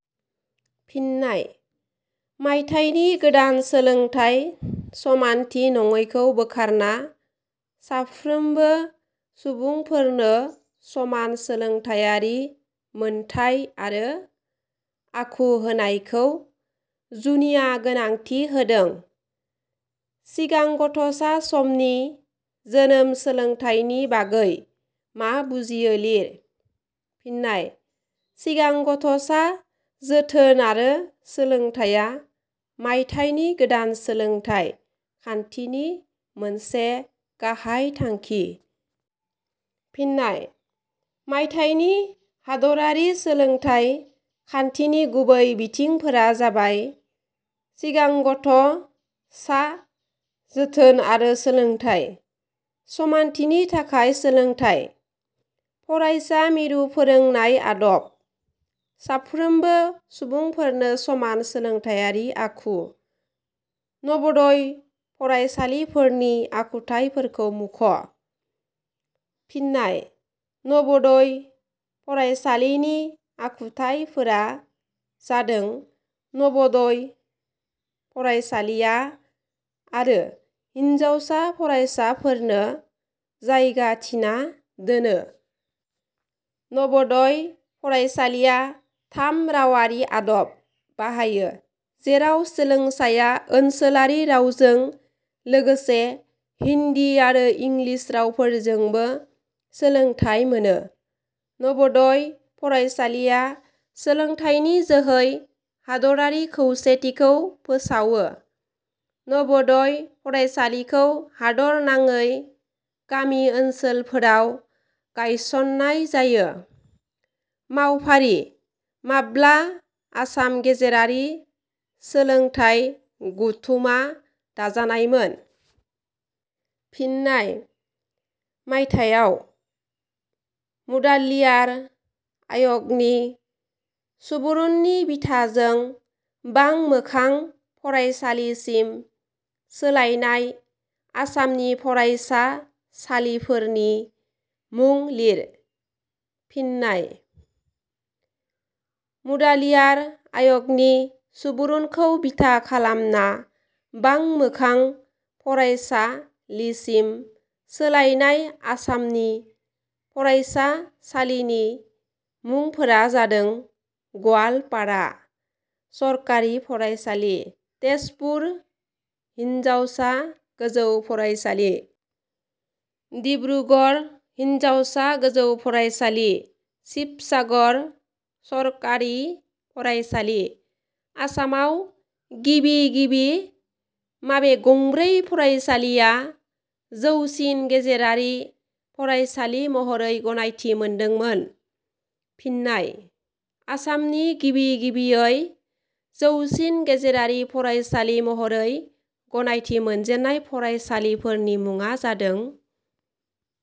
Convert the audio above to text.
फिन्नाय: मायथाइनि गोदान सोलोंथाइ समानथि नङैखौ बोखारना साफ्रोमबो सुबुंफोरनो समान सोलोंथाइयारि मोनथाइ आरो आखु होनायखौ जुनिया गोनांथि होदों।.सिगां गथ 'सा समनि जोनोम सोलोंथाइनि बागै मा बुजियो लिर। फिन्नाय: सिगां गथ 'सा जोथोन आरो सोलोंथाइया मायथाइनि गोदान सोलोंथाइ खान्थिनि मोनसे गाहाइ थांखि। फिन्नाय: मायथाइनि हादरारि सोलोंथाइ खान्थिनि गुबै बिथिंफोरा जाबाय – सिगां गथ 'सा जोथोन आरो सोलोंथाइ। समानथिनि थाखाय सोलोंथाइ। फरायसा मिरु फोरोंनाय आदब। साफ्रोमबो सुबुंफोरनो समान सोलोंथाइयारि आखु।.नवोदय फरायसालिफोरनि आखुथाइ फोरखौ मुख'। फिन्नाय: नवोदय फरायसालिनि आखुथाइफोरा जादों: नवोदय फरायसालिया, आरो हिनजावसा फरासाफोरनो जायगा थिना दोनो। नवोदय फरायसालिया थाम रावआरि आदब बाहायो जेराव सोलोंसाया ओनसोलारि रावजों लोगोसे हिन्दि आरो इंग्लिस रावफोरजोंबो सोलोंथाइ मोनो। नवोदय फरायसालिया सोलोंथाइनि जोहै हादरारि खौसेथिखौ फोसावयो। नवोदय फरायसालिखौ हादरनाङै गामि ओनसोलफोराव गायसननाय जायो। मावफारि-.माब्ला आसाम गेजेरारि सोलोंथाइ गथुमा दाजानायमोन? फिन्नाय: मायथाइयाव।. मुडालियार आय 'गनि सुबुरुननि बिथाजों बांमोखां फरायसालिसिम सोलायनाय आसामनि फरायसासालिफोरनि मुं लिर। फिन्नाय: मुडालियार आय 'गनि सुबुरुनखौ बिथा खालामना बांमोखां फरायसालिसिम सोलायनाय आसामनि फरायसासालिनि मुंफोरा जादों: गवालपारा सरकारि फरायसालि। तेजपुर हिनजावसा गोजौ फरायसालि। डिब्रुगरड़़ हिनजावसा गोजौ फरायसालि। सिबसागर सरकारि फरायसालि।.आसामाव गिबि गिबि माबे गंब्रै फरायसालिया जौसिन गेजेरारि फरायसालि महरै गनायथि मोनदोंमोन? फिन्नाय: आसामनि गिबि गिबियै जौसिन गेजेरारि फरायसालि महरै गनायथि मोनजेननाय फरायसालिफोरनि मुङा जादों:।